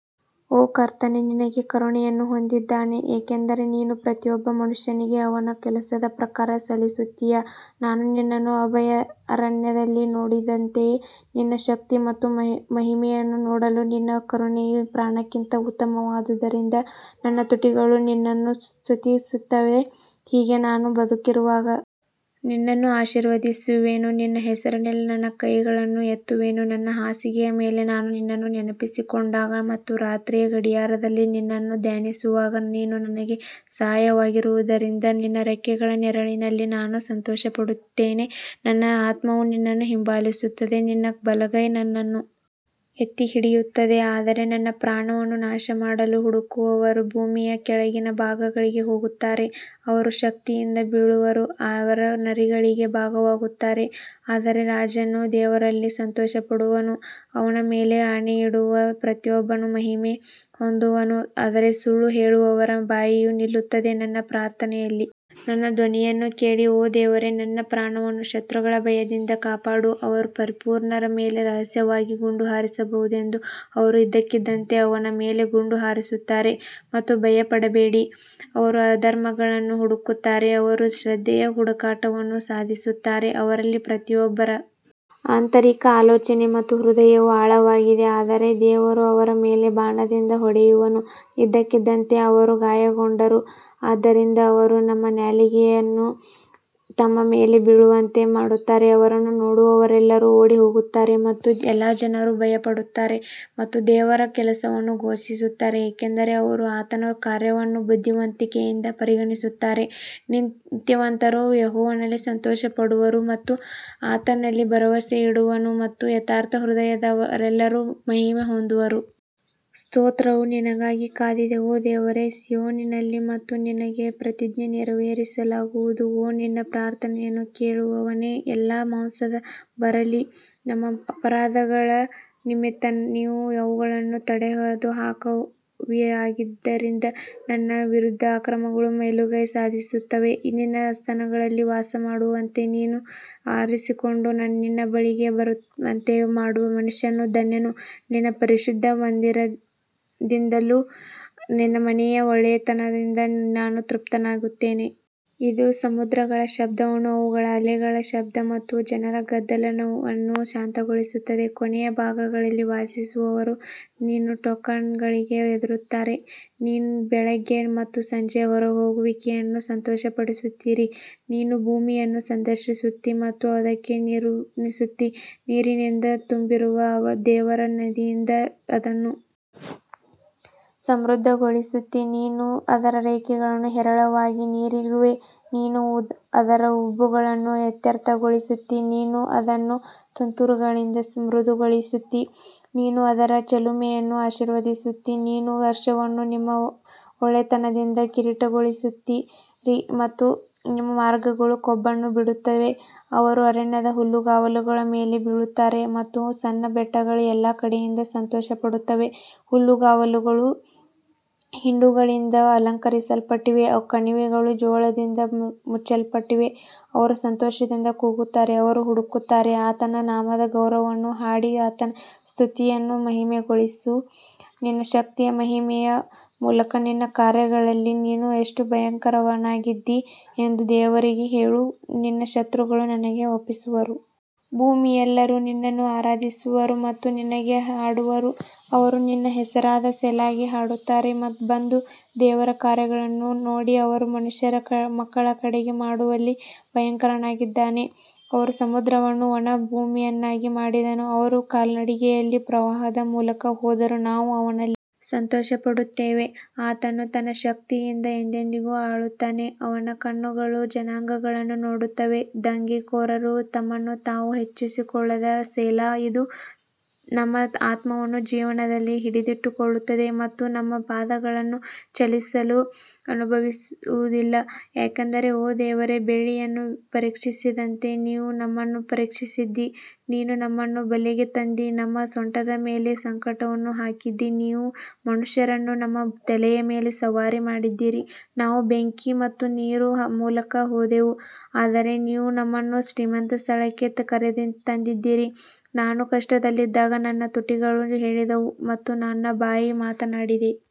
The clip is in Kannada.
ಓ ಕರ್ತನೇ ನಿನಗೆ ಕರುಣೆಯನ್ನು ಹೊಂದಿದ್ದಾನೆ, ಏಕೆಂದರೆ ನೀನು ಪ್ರತಿಯೊಬ್ಬ ಮನುಷ್ಯನಿಗೆ ಅವನ ಕೆಲಸದ ಪ್ರಕಾರ ಸಲ್ಲಿಸುತ್ತೀಯಾ ನಾನು ನಿನ್ನನ್ನು ಅಭಯಾರಣ್ಯದಲ್ಲಿ ನೋಡಿದಂತೆಯೇ ನಿನ್ನ ಶಕ್ತಿ ಮತ್ತು ಮಹಿಮೆಯನ್ನು ನೋಡಲು ನಿನ್ನ ಕರುಣೆಯು ಪ್ರಾಣಕ್ಕಿಂತ ಉತ್ತಮವಾದುದರಿಂದ ನನ್ನ ತುಟಿಗಳು ನಿನ್ನನ್ನು ಸ್ತುತಿಸುತ್ತವೆ ಹೀಗೆ ನಾನು ಬದುಕಿರುವಾಗ ನಿನ್ನನ್ನು ಆಶೀರ್ವದಿಸುವೆನು ನಿನ್ನ ಹೆಸರಿನಲ್ಲಿ ನನ್ನ ಕೈಗಳನ್ನು ಎತ್ತುವೆನು ನನ್ನ ಹಾಸಿಗೆಯ ಮೇಲೆ ನಾನು ನಿನ್ನನ್ನು ನೆನಪಿಸಿಕೊಂಡಾಗ ಮತ್ತು ರಾತ್ರಿಯ ಗಡಿಯಾರದಲ್ಲಿ ನಿನ್ನನ್ನು ಧ್ಯಾನಿಸುವಾಗ ನೀನು ನನಗೆ ಸಹಾಯವಾಗಿರುವುದರಿಂದ ನಿನ್ನ ರೆಕ್ಕೆಗಳ ನೆರಳಿನಲ್ಲಿ ನಾನು ಸಂತೋಷಪಡುತ್ತೇನೆ ನನ್ನ ಆತ್ಮವು ನಿನ್ನನ್ನು ಹಿಂಬಾಲಿಸುತ್ತದೆ ನಿನ್ನ ಬಲಗೈ ನನ್ನನ್ನು ಎತ್ತಿಹಿಡಿಯುತ್ತದೆ ಆದರೆ ನನ್ನ ಪ್ರಾಣವನ್ನು ನಾಶಮಾಡಲು ಹುಡುಕುವವರು ಭೂಮಿಯ ಕೆಳಗಿನ ಭಾಗಗಳಿಗೆ ಹೋಗುತ್ತಾರೆ ಅವರು ಕತ್ತಿಯಿಂದ ಬೀಳುವರು, ಅವರು ನರಿಗಳಿಗೆ ಭಾಗವಾಗುತ್ತಾರೆ ಆದರೆ ರಾಜನು ದೇವರಲ್ಲಿ ಸಂತೋಷಪಡುವನು, ಅವನ ಮೇಲೆ ಆಣೆಯಿಡುವ ಪ್ರತಿಯೊಬ್ಬನು ಮಹಿಮೆ ಹೊಂದುವನು ಆದರೆ ಸುಳ್ಳು ಹೇಳುವವರ ಬಾಯಿಯು ನಿಲ್ಲುತ್ತದೆ ನನ್ನ ಪ್ರಾರ್ಥನೆಯಲ್ಲಿ ನನ್ನ ಧ್ವನಿಯನ್ನು ಕೇಳಿ ಓ ದೇವರೇ ನನ್ನ ಪ್ರಾಣವನ್ನು ಶತ್ರುಗಳ ಭಯದಿಂದ ಕಾಪಾಡು ಅವರು ಪರಿಪೂರ್ಣರ ಮೇಲೆ ರಹಸ್ಯವಾಗಿ ಗುಂಡು ಹಾರಿಸಬಹುದೆಂದು ಅವರು ಇದ್ದಕ್ಕಿದ್ದಂತೆ ಅವನ ಮೇಲೆ ಗುಂಡು ಹಾರಿಸುತ್ತಾರೆ ಮತ್ತು ಭಯಪಡಬೇಡಿ ಅವರು ಅಧರ್ಮಗಳನ್ನು ಹುಡುಕುತ್ತಾರೆ ಅವರು ಶ್ರದ್ಧೆಯ ಹುಡುಕಾಟವನ್ನು ಸಾಧಿಸುತ್ತಾರೆ ಅವರಲ್ಲಿ ಪ್ರತಿಯೊಬ್ಬರ ಆಂತರಿಕ ಆಲೋಚನೆ ಮತ್ತು ಹೃದಯವು ಆಳವಾಗಿದೆ ಆದರೆ ದೇವರು ಅವರ ಮೇಲೆ ಬಾಣದಿಂದ ಹೊಡೆಯುವನು, ಇದ್ದಕ್ಕಿದ್ದಂತೆ ಅವರು ಗಾಯಗೊಂಡರು ಆದ್ದರಿಂದ ಅವರು ತಮ್ಮ ನಾಲಿಗೆಯನ್ನು ತಮ್ಮ ಮೇಲೆ ಬೀಳುವಂತೆ ಮಾಡುತ್ತಾರೆ, ಅವರನ್ನು ನೋಡುವವರೆಲ್ಲರೂ ಓಡಿಹೋಗುತ್ತಾರೆ ಮತ್ತು ಎಲ್ಲಾ ಜನರು ಭಯಪಡುತ್ತಾರೆ ಮತ್ತು ದೇವರ ಕೆಲಸವನ್ನು ಘೋಷಿಸುತ್ತಾರೆ ಏಕೆಂದರೆ ಅವರು ಆತನ ಕಾರ್ಯವನ್ನು ಬುದ್ಧಿವಂತಿಕೆಯಿಂದ ಪರಿಗಣಿಸುತ್ತಾರೆ ನೀತಿವಂತನು ಯೆಹೋವನಲ್ಲಿ ಸಂತೋಷಪಡುವನು ಮತ್ತು ಆತನಲ್ಲಿ ಭರವಸೆಯಿಡುವನು ಮತ್ತು ಯಥಾರ್ಥ ಹೃದಯದವರೆಲ್ಲರೂ ಮಹಿಮೆ ಹೊಂದುವರು. ಸ್ತೋತ್ರವು ನಿನಗಾಗಿ ಕಾದಿದೆ ಓ ದೇವರೇ ಸಿಯೋನಿನಲ್ಲಿ ಮತ್ತು ನಿನಗೆ ಪ್ರತಿಜ್ಞೆ ನೆರವೇರಿಸಲಾಗುವುದು ಓ ನಿನ್ನ ಪ್ರಾರ್ಥನೆಯನ್ನು ಕೇಳುವವನೇ, ಎಲ್ಲಾ ಮಾಂಸವು ಬರಲಿ ನಮ್ಮ ಅಪರಾಧಗಳ ನಿಮಿತ್ತ ನೀನು ಅವುಗಳನ್ನು ತೊಡೆದುಹಾಕುವಿಯಾದ್ದರಿಂದ ನನ್ನ ವಿರುದ್ಧ ಅಕ್ರಮಗಳು ಮೇಲುಗೈ ಸಾಧಿಸುತ್ತವೆ ನಿನ್ನ ಆಸ್ಥಾನಗಳಲ್ಲಿ ವಾಸಮಾಡುವಂತೆ ನೀನು ಆರಿಸಿಕೊಂಡು ನಿನ್ನ ಬಳಿಗೆ ಬರುವಂತೆ ಮಾಡುವ ಮನುಷ್ಯನು ಧನ್ಯನು, ನಿನ್ನ ಪರಿಶುದ್ಧ ಮಂದಿರದಿಂದಲೂ ನಿನ್ನ ಮನೆಯ ಒಳ್ಳೆಯತನದಿಂದ ನಾವು ತೃಪ್ತರಾಗುತ್ತೇವೆ. ಇದು ಸಮುದ್ರಗಳ ಶಬ್ದವನ್ನು ಅವುಗಳ ಅಲೆಗಳ ಶಬ್ದ ಮತ್ತು ಜನರ ಗದ್ದಲವನ್ನು ಶಾಂತಗೊಳಿಸುತ್ತದೆ ಕೊನೆಯ ಭಾಗಗಳಲ್ಲಿ ವಾಸಿಸುವವರೂ ನಿನ್ನ ಟೋಕನ್ಗಳಿಗೆ ಹೆದರುತ್ತಾರೆ, ನೀವು ಬೆಳಿಗ್ಗೆ ಮತ್ತು ಸಂಜೆಯ ಹೊರಹೋಗುವಿಕೆಯನ್ನು ಸಂತೋಷಪಡಿಸುತ್ತೀರಿ ನೀನು ಭೂಮಿಯನ್ನು ಸಂದರ್ಶಿಸುತ್ತೀ ಮತ್ತು ಅದಕ್ಕೆ ನೀರುಣಿಸುತ್ತೀ, ನೀರಿನಿಂದ ತುಂಬಿರುವ ದೇವರ ನದಿಯಿಂದ ಅದನ್ನು ಸಮೃದ್ಧಗೊಳಿಸುತ್ತೀ ನೀನು ಅದರ ರೇಖೆಗಳನ್ನು ಹೇರಳವಾಗಿ ನೀರಿರುವೆ, ನೀನು ಅದರ ಉಬ್ಬುಗಳನ್ನು ಇತ್ಯರ್ಥಗೊಳಿಸುತ್ತೀ, ನೀನು ಅದನ್ನು ತುಂತುರುಗಳಿಂದ ಮೃದುಗೊಳಿಸುತ್ತೀ, ನೀನು ಅದರ ಚಿಲುಮೆಯನ್ನು ಆಶೀರ್ವದಿಸುತ್ತೀ ನೀವು ವರ್ಷವನ್ನು ನಿಮ್ಮ ಒಳ್ಳೆಯತನದಿಂದ ಕಿರೀಟಗೊಳಿಸುತ್ತೀರಿ ಮತ್ತು ನಿಮ್ಮ ಮಾರ್ಗಗಳು ಕೊಬ್ಬನ್ನು ಬಿಡುತ್ತವೆ ಅವರು ಅರಣ್ಯದ ಹುಲ್ಲುಗಾವಲುಗಳ ಮೇಲೆ ಬೀಳುತ್ತಾರೆ ಮತ್ತು ಸಣ್ಣ ಬೆಟ್ಟಗಳು ಎಲ್ಲಾ ಕಡೆಯಿಂದ ಸಂತೋಷಪಡುತ್ತವೆ ಹುಲ್ಲುಗಾವಲುಗಳು ಹಿಂಡುಗಳಿಂದ ಅಲಂಕರಿಸಲ್ಪಟ್ಟಿವೆ, ಕಣಿವೆಗಳು ಜೋಳದಿಂದ ಮುಚ್ಚಲ್ಪಟ್ಟಿವೆ, ಅವರು ಸಂತೋಷದಿಂದ ಕೂಗುತ್ತಾರೆ, ಅವರು ಹಾಡುತ್ತಾರೆ ಆತನ ನಾಮದ ಗೌರವವನ್ನು ಹಾಡಿ ಆತನ ಸ್ತುತಿಯನ್ನು ಮಹಿಮೆಗೊಳಿಸು ನಿನ್ನ ಶಕ್ತಿಯ ಮಹಿಮೆಯ ಮೂಲಕ ನಿನ್ನ ಕಾರ್ಯಗಳಲ್ಲಿ ನೀನು ಎಷ್ಟು ಭಯಂಕರನಾಗಿದ್ದೀ ಎಂದು ದೇವರಿಗೆ ಹೇಳು ನಿನ್ನ ಶತ್ರುಗಳು ನಿನಗೆ ಒಪ್ಪಿಸುವರು. ಭೂಮಿಯೆಲ್ಲರೂ ನಿನ್ನನ್ನು ಆರಾಧಿಸುವರು ಮತ್ತು ನಿನಗೆ ಹಾಡುವರು ಅವರು ನಿನ್ನ ಹೆಸರಾದ ಸೆಲಾಗೆ ಹಾಡುತ್ತಾರೆ ಬಂದು ದೇವರ ಕಾರ್ಯಗಳನ್ನು ನೋಡಿ ಅವನು ಮನುಷ್ಯರ ಮಕ್ಕಳ ಕಡೆಗೆ ಮಾಡುವಲ್ಲಿ ಭಯಂಕರನಾಗಿದ್ದಾನೆ ಅವನು ಸಮುದ್ರವನ್ನು ಒಣ ಭೂಮಿಯನ್ನಾಗಿ ಮಾಡಿದನು, ಅವರು ಕಾಲ್ನಡಿಗೆಯಲ್ಲಿ ಪ್ರವಾಹದ ಮೂಲಕ ಹೋದರು, ನಾವು ಅವನಲ್ಲಿ ಸಂತೋಷಪಡುತ್ತೇವೆ ಆತನು ತನ್ನ ಶಕ್ತಿಯಿಂದ ಎಂದೆಂದಿಗೂ ಆಳುತ್ತಾನೆ ಅವನ ಕಣ್ಣುಗಳು ಜನಾಂಗಗಳನ್ನು ನೋಡುತ್ತವೆ ದಂಗೆಕೋರರು ತಮ್ಮನ್ನು ತಾವು ಹೆಚ್ಚಿಸಿಕೊಳ್ಳದ ಸೆಲಾ ಇದು ನಮ್ಮ ಆತ್ಮವನ್ನು ಜೀವನದಲ್ಲಿ ಹಿಡಿದಿಟ್ಟುಕೊಳ್ಳುತ್ತದೆ ಮತ್ತು ನಮ್ಮ ಪಾದಗಳನ್ನು ಚಲಿಸಲು ಅನುಭವಿಸುವುದಿಲ್ಲ ಯಾಕಂದರೆ ಓ ದೇವರೇ, ಬೆಳ್ಳಿಯನ್ನು ಪರೀಕ್ಷಿಸಿದಂತೆ ನೀನು ನಮ್ಮನ್ನು ಪರೀಕ್ಷಿಸಿದ್ದೀ ನೀನು ನಮ್ಮನ್ನು ಬಲೆಗೆ ತಂದಿ ನಮ್ಮ ಸೊಂಟದ ಮೇಲೆ ಸಂಕಟವನ್ನು ಹಾಕಿದ್ದೀ ನೀವು ಮನುಷ್ಯರನ್ನು ನಮ್ಮ ತಲೆಯ ಮೇಲೆ ಸವಾರಿ ಮಾಡಿದ್ದೀರಿ ನಾವು ಬೆಂಕಿ ಮತ್ತು ನೀರಿನ ಮೂಲಕ ಹೋದೆವು ಆದರೆ ನೀವು ನಮ್ಮನ್ನು ಶ್ರೀಮಂತ ಸ್ಥಳಕ್ಕೆ ಕರೆತಂದಿದ್ದೀರಿ ನಾನು ಕಷ್ಟದಲ್ಲಿದ್ದಾಗ ನನ್ನ ತುಟಿಗಳು ಹೇಳಿದವು ಮತ್ತು ನನ್ನ ಬಾಯಿ ಮಾತನಾಡಿದೆ.